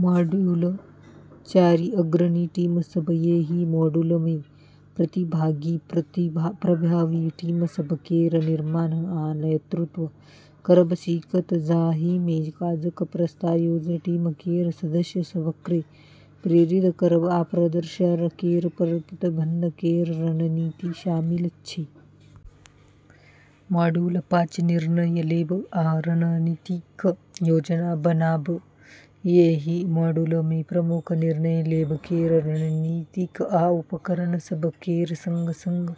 Module चारि अग्रणी team सभ: एहि मॉड्यूलमे प्रतिभागी प्रभावी टीम सभ केर निर्माण आ नेतृत्व करब सीखत, जाहिमे काजक प्रत्यायोजन, टीम केर सदस्य सभकेँ प्रेरित करब, आ प्रदर्शन केर प्रबंधन केर रणनीति शामिल छै। मॉड्यूल पाँच निर्णय लेब आ रणनीतिक योजना बनाब: एहि मॉड्यूलमे प्रमुख निर्णय लेब केर रणनीतिक आ उपकरण सभ केर संग-संग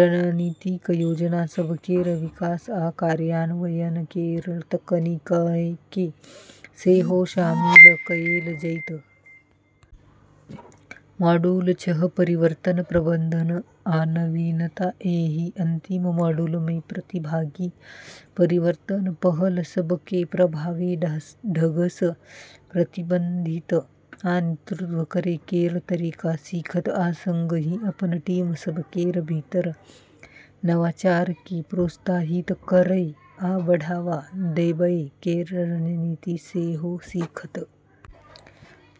रणनीतिक योजना सभ केर विकास आ कार्यान्वयन केर तकनीककेँ सेहो शामिल कएल जेतै। मॉड्यूल छह परिवर्तन प्रबंधन आ नवीनता: एहि अंतिम मॉड्यूलमे प्रतिभागी परिवर्तन पहल सभकेँ प्रभावी ढंगसँ प्रबंधित आ नेतृत्व करै केर तरीका सीखत, आ संगहि अपन टीम सभ केर भीतर नवाचारकेँ प्रोत्साहित करै आ बढ़ावा देबै केर रणनीति सेहो सीखत।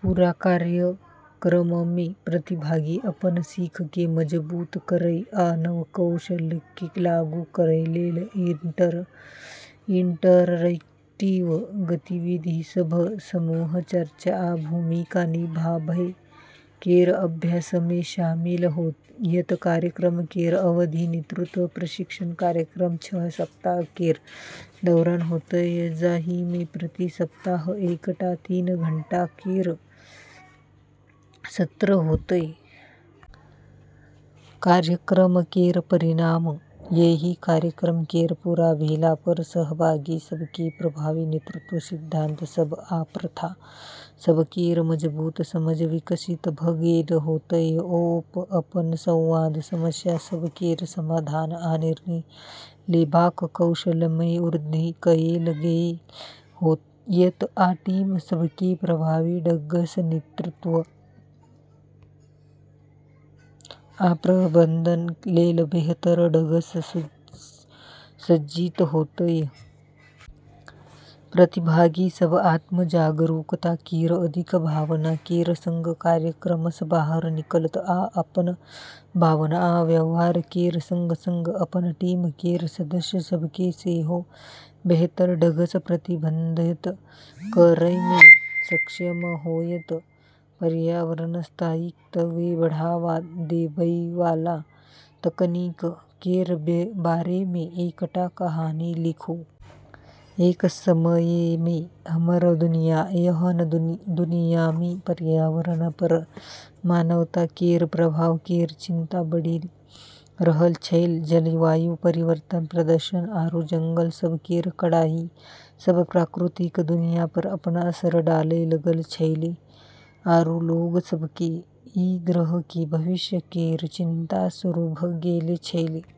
पूरा कार्यक्रममे प्रतिभागी अपन सीखकेँ मजबूत करै आ नव कौशलकेँ लागू करै लेल इंटरैक्टिव गतिविधिसभ, समूह चर्चा, आ भूमिका निभाबै केर अभ्यासमे शामिल होयत। कार्यक्रम केर अवधि: नेतृत्व प्रशिक्षण कार्यक्रम छह सप्ताह केर दौरान होयत, जाहिमे प्रति सप्ताह एकटा तीन घंटा केर सत्र होयत। कार्यक्रम केर परिणाम: एहि कार्यक्रम केर पूरा भेलापर सहभागी सभकेँ प्रभावी नेतृत्व सिद्धांत सभ आ प्रथा सभ केर मजबूत समझ विकसित भऽ गेल होयत। ओ अपन संवाद, समस्या सभ केर समाधान, आ निर्णय लेबाक कौशलमे वृद्धि कएल गेल होयत, आ टीम सभकेँ प्रभावी ढंगसँ नेतृत्व आ प्रबंधन लेल बेहतर ढंगसँ सुसज्जित होयत। प्रतिभागी सभ आत्म-जागरूकता केर अधिक भावना केर संग कार्यक्रमसँ बाहर निकलत, आ अपन भावना आ व्यवहार केर संग-संग अपन टीम केर सदस्य सभकेँ सेहो बेहतर ढंगसँ प्रबंधित करैमे सक्षम होयत। पर्यावरण स्थायित्वकेँ बढ़ावा देबैवाला तकनीक केर बारेमे एकटा कहानी लिखू। एक समयमे हमर दुनिया एहन दुनियामे पर्यावरणपर मानवता केर प्रभाव केर चिंता बढ़ि रहल छेलै। जलवायु परिवर्तन, प्रदूषण, आरू जंगल सभ केर कटाई सब प्राकृतिक दुनियापर अपन असर डालै लगल छेलै, आरू लोग सभकेँ ई ग्रह केर भविष्य केर चिंता शुरू भऽ गेल छेलै।